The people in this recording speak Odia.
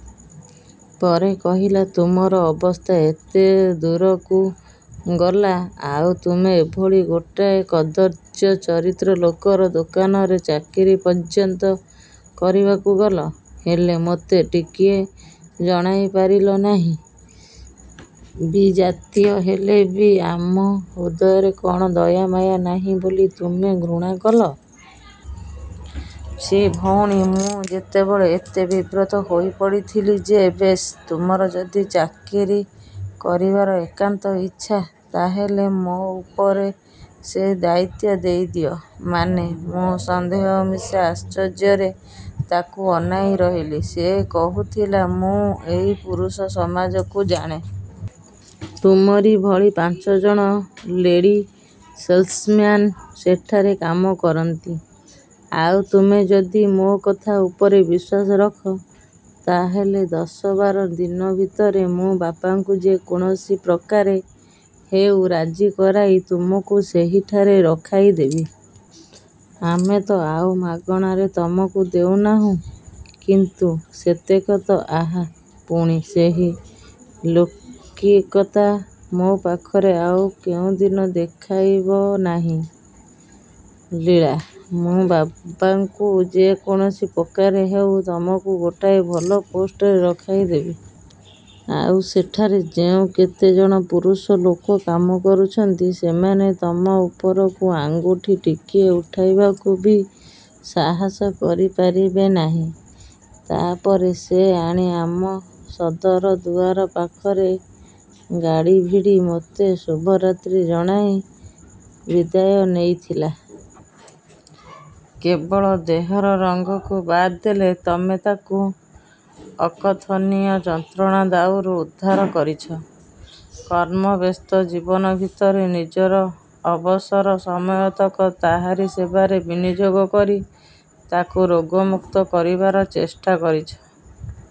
ପରେ କହିଲା, ତୁମର ଅବସ୍ଥା ଏତେ ଦୂରକୁ ଗଲା, ଆଉ ତୁମେ ଏଭଳି ଗୋଟାଏ କଦର୍ଯ୍ୟ ଚରିତ୍ର ଲୋକର ଦୋକାନରେ ଚାକିରି ପର୍ଯ୍ୟନ୍ତ କରିବାକୁ ଗଲ, ହେଲେ ମୋତେ ଟିକିଏ ଜଣାଇପାରିଲ ନାହିଁ? ବିଜାତୀୟ ହେଲେ ବି ଆମ ହୃଦୟରେ କଣ ଦୟା ମାୟା ନାହିଁ ବୋଲି ତୁମେ ଘୃଣା କଲ? ଛି ଭଉଣୀ ମୁଁ ସେତେବେଳେ ଏତେ ବିବ୍ରତ ହୋଇପଡ଼ିଥିଲି ଯେ ବେଶ୍ ତୁମର ଯଦି ଚାକିରି କରିବାର ଏକାନ୍ତ ଇଚ୍ଛା ତା ହେଲେ ମୋ ଉପରେ ସେ ଦାୟିତ୍ୱ ଦେଇଦିଅ ମାନେ ମୁଁ ସନ୍ଦେହ ମିଶା ଆଶ୍ଚର୍ଯ୍ୟରେ ତାକୁ ଅନାଇ ରହିଲି। ସେ କହୁଥିଲା, ମୁଁ ଏଇ ପୁରୁଷ ସମାଜକୁ ଜାଣେ। ତୁମରି ଭଳି ପାଞ୍ଚ ଜଣ ଲେଡି ସେଲ୍ସମ୍ୟାନ୍ ସେଠାରେ କାମ କରନ୍ତି। ଆଉ ତୁମେ ଯଦି ମୋ କଥା ଉପରେ ବିଶ୍ୱାସ ରଖ, ତା ହେଲେ ଦଶ ବାର ଦିନ ଭିତରେ ମୁଁ ବାପାଙ୍କୁ ଯେ କୌଣସି ପ୍ରକାରେ ହେଉ ରାଜି କରାଇ ତୁମକୁ ସେହିଠାରେ ରଖାଇ ଦେବି। ଆମେ ତ ଆଉ ମାଗଣାରେ ତମକୁ ଦେଉନାହୁଁ? କିନ୍ତୁ ସେତକ ତ ଆହା, ପୁଣି ସେହି ଲୌକିକତା ମୋ ପାଖରେ ଆଉ କେଉଁ ଦିନ ଦେଖାଇବ ନାହିଁ, ଲୀଳା। ମୁଁ ବାପାଙ୍କୁ ଯେ କୌଣସି ପ୍ରକାରେ ହେଉ, ତମକୁ ଗୋଟାଏ ଭଲ ପୋଷ୍ଟରେ ରଖାଇ ଦେବି। ଆଉ ସେଠାରେ ଯେଉଁ କେତେ ଜଣ ପୁରୁଷ ଲୋକ କାମ କରୁଛନ୍ତି, ସେମାନେ ତମ ଉପରକୁ ଆଙ୍ଗୁଳି ଟିକିଏ ଉଠାଇବାକୁ ବି ସାହସ କରିପାରିବେ ନାହିଁ। ତା ପରେ ସେ ଆଣି ଆମ ସଦର ଦ୍ୱାର ପାଖରେ ଗାଡ଼ି ଭିଡ଼ି ମୋତେ ଶୁଭରାତ୍ରି ଜଣାଇ ବିଦାୟ ନେଇଥିଲା। କେବଳ ଦେହର ରଙ୍ଗକୁ ବାଦ୍ ଦେଲେ ତମେ ତାକୁ ଅକଥନୀୟ ଯନ୍ତ୍ରଣା ଦାଉରୁ ଉଦ୍ଧାର କରିଛ। କର୍ମବ୍ୟସ୍ତ ଜୀବନ ଭିତରେ ନିଜର ଅବସର ସମୟତକ ତାହାରି ସେବାରେ ବିନିଯୋଗ କରି ତାକୁ ରୋଗମୁକ୍ତ କରିବାର ଚେଷ୍ଟା କରିଛି।